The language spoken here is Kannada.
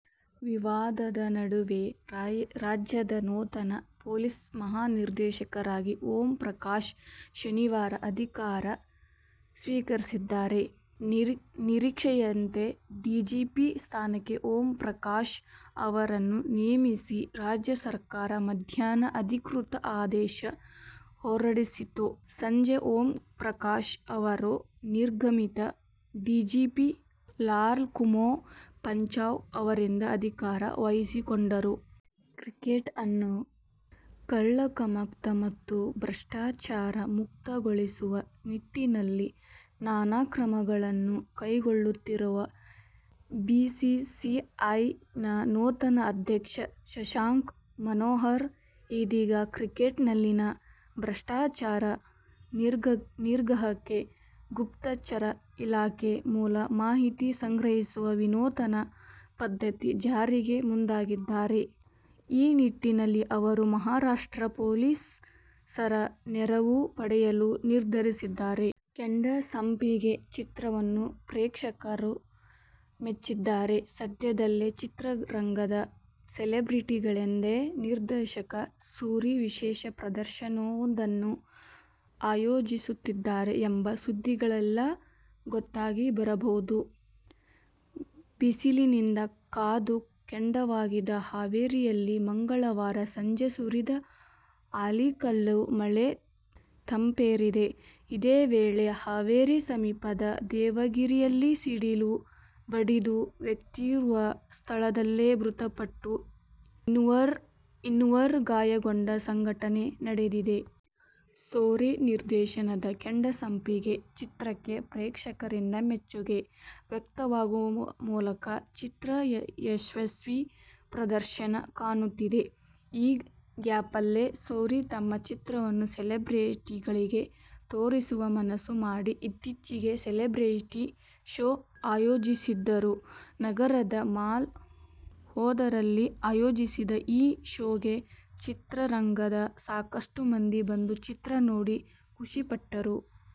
ವಿವಾದದ ನಡುವೆಯೇ ರಾಜ್ಯದ ನೂತನ ಪೊಲೀಸ್ ಮಹಾ ನಿರ್ದೇಶಕರಾಗಿ ಓಂ ಪ್ರಕಾಶ್ ಶನಿವಾರ ಅಧಿಕಾರ ಸ್ವೀಕರಿಸಿದ್ದಾರೆ. ನಿರೀಕ್ಷೆಯಂತೆ ಡಿಜಿಪಿ ಸ್ಥಾನಕ್ಕೆ ಓಂ ಪ್ರಕಾಶ್ ಅವರನ್ನು ನೇಮಿಸಿ ರಾಜ್ಯ ಸರ್ಕಾರ ಮಧ್ಯಾಹ್ನ ಅಧಿಕೃತ ಆದೇಶ ಹೊರಡಿಸಿತು. ಸಂಜೆ ಓಂ ಪ್ರಕಾಶ್ ಅವರು ನಿರ್ಗಮಿತ ಡಿಜಿಪಿ ಲಾಲ್ರುಕುಮೋ ಪಚಾವ್ ಅವರಿಂದ ಅಧಿಕಾರ ವಹಿಸಿಕೊಂಡರು. ಕ್ರಿಕೆಟ್ ಅನ್ನು ಕಳಂಕಮಕ್ತ ಮತ್ತು ಭ್ರಷ್ಟಾಚಾರ ಮುಕ್ತಗೊಳಿಸುವ ನಿಟ್ಟಿನಲ್ಲಿ ನಾನಾ ಕ್ರಮಗಳನ್ನು ಕೈಗೊಳ್ಳುತ್ತಿರುವ ಬಿಸಿಸಿಐನ ನೂತನ ಅಧ್ಯಕ್ಷ ಶಶಾಂಕ್ ಮನೋಹರ್ ಇದೀಗ, ಕ್ರಿಕೆಟ್ನಲ್ಲಿನ ಭ್ರಷ್ಟಾಚಾರ ನಿಗ್ರಹಕ್ಕೆ ಗುಪ್ತಚರ ಇಲಾಖೆ ಮೂಲಕ ಮಾಹಿತಿ ಸಂಗ್ರಹಿಸುವ ವಿನೂತನ ಪದ್ಧತಿ ಜಾರಿಗೆ ಮುಂದಾಗಿದ್ದಾರೆ. ಈ ನಿಟ್ಟಿನಲ್ಲಿ ಅವರು ಮಹಾರಾಷ್ಟ್ರ ಪೊಲೀಸರ ನೆರವು ಪಡೆಯಲು ನಿರ್ಧರಿಸಿದ್ದಾರೆ. "ಕೆಂಡಸಂಪಿಗೆ' ಚಿತ್ರವನ್ನು ಪ್ರೇಕ್ಷಕರು ಮೆಚ್ಚಿದ್ದಾರೆ, ಸದ್ಯದಲ್ಲೇ ಚಿತ್ರರಂಗದ ಸೆಲೆಬ್ರಿಟಿಗಳಿಗೆಂದೇ ನಿರ್ದೇಶಕ ಸೂರಿ ವಿಶೇಷ ಪ್ರದರ್ಶನವೊಂದನ್ನು ಆಯೋಜಿಸುತ್ತಿದ್ದಾರೆ ಎಂಬ ಸುದ್ದಿಗಳೆಲ್ಲಾ ಗೊತ್ತಾಗಿರಬಹುದು. ಬಿಸಿಲಿನಿಂದ ಕಾದು ಕೆಂಡವಾಗಿದ್ದ ಹಾವೇರಿಯಲ್ಲಿ ಮಂಗಳವಾರ ಸಂಜೆ ಸುರಿದ ಆಲಿಕಲ್ಲು ಮಳೆ ತಂಪೆರೆದಿದೆ. ಇದೇ ವೇಳೆ ಹಾವೇರಿ ಸಮೀಪದ ದೇವಗಿರಿಯಲ್ಲಿ ಸಿಡಿಲು ಬಡಿದು ವ್ಯಕ್ತಿಯೋರ್ವ ಸ್ಥಳದಲ್ಲೇ ಮೃತಪಟ್ಟು, ಇನ್ನೋರ್ವ ಗಾಯಗೊಂಡ ಘಟನೆ ನಡೆದಿದೆ. ಸೂರಿ ನಿರ್ದೇಶನದ "ಕೆಂಡಸಂಪಿಗೆ' ಚಿತ್ರಕ್ಕೆ ಪ್ರೇಕ್ಷಕರಿಂದ ಮೆಚ್ಚುಗೆ ವ್ಯಕ್ತವಾಗುವಮೂಲಕ ಚಿತ್ರ ಯಶಸ್ವಿ ಪ್ರದರ್ಶನ ಕಾಣುತ್ತಿದೆ. ಈ ಗ್ಯಾಪಲ್ಲೇ ಸೂರಿ ತಮ್ಮ ಚಿತ್ರವನ್ನು ಸೆಲೆಬ್ರೆಟಿಗಳಿಗೆ ತೋರಿಸುವ ಮನಸ್ಸು ಮಾಡಿ, ಇತ್ತೀಚೆಗೆ ಸೆಲೆಬ್ರೆಟಿ ಶೋ ಆಯೋಜಿಸಿದ್ದರು. ನಗರದ ಮಾಲ್ ವೊಂದರಲ್ಲಿ ಆಯೋಜಿಸಿದ್ದ ಈ ಶೋಗೆ ಚಿತ್ರರಂಗದ ಸಾಕಷ್ಟು ಮಂದಿ ಬಂದು, ಚಿತ್ರ ನೋಡಿ ಖುಷಿಪಟ್ಟರು.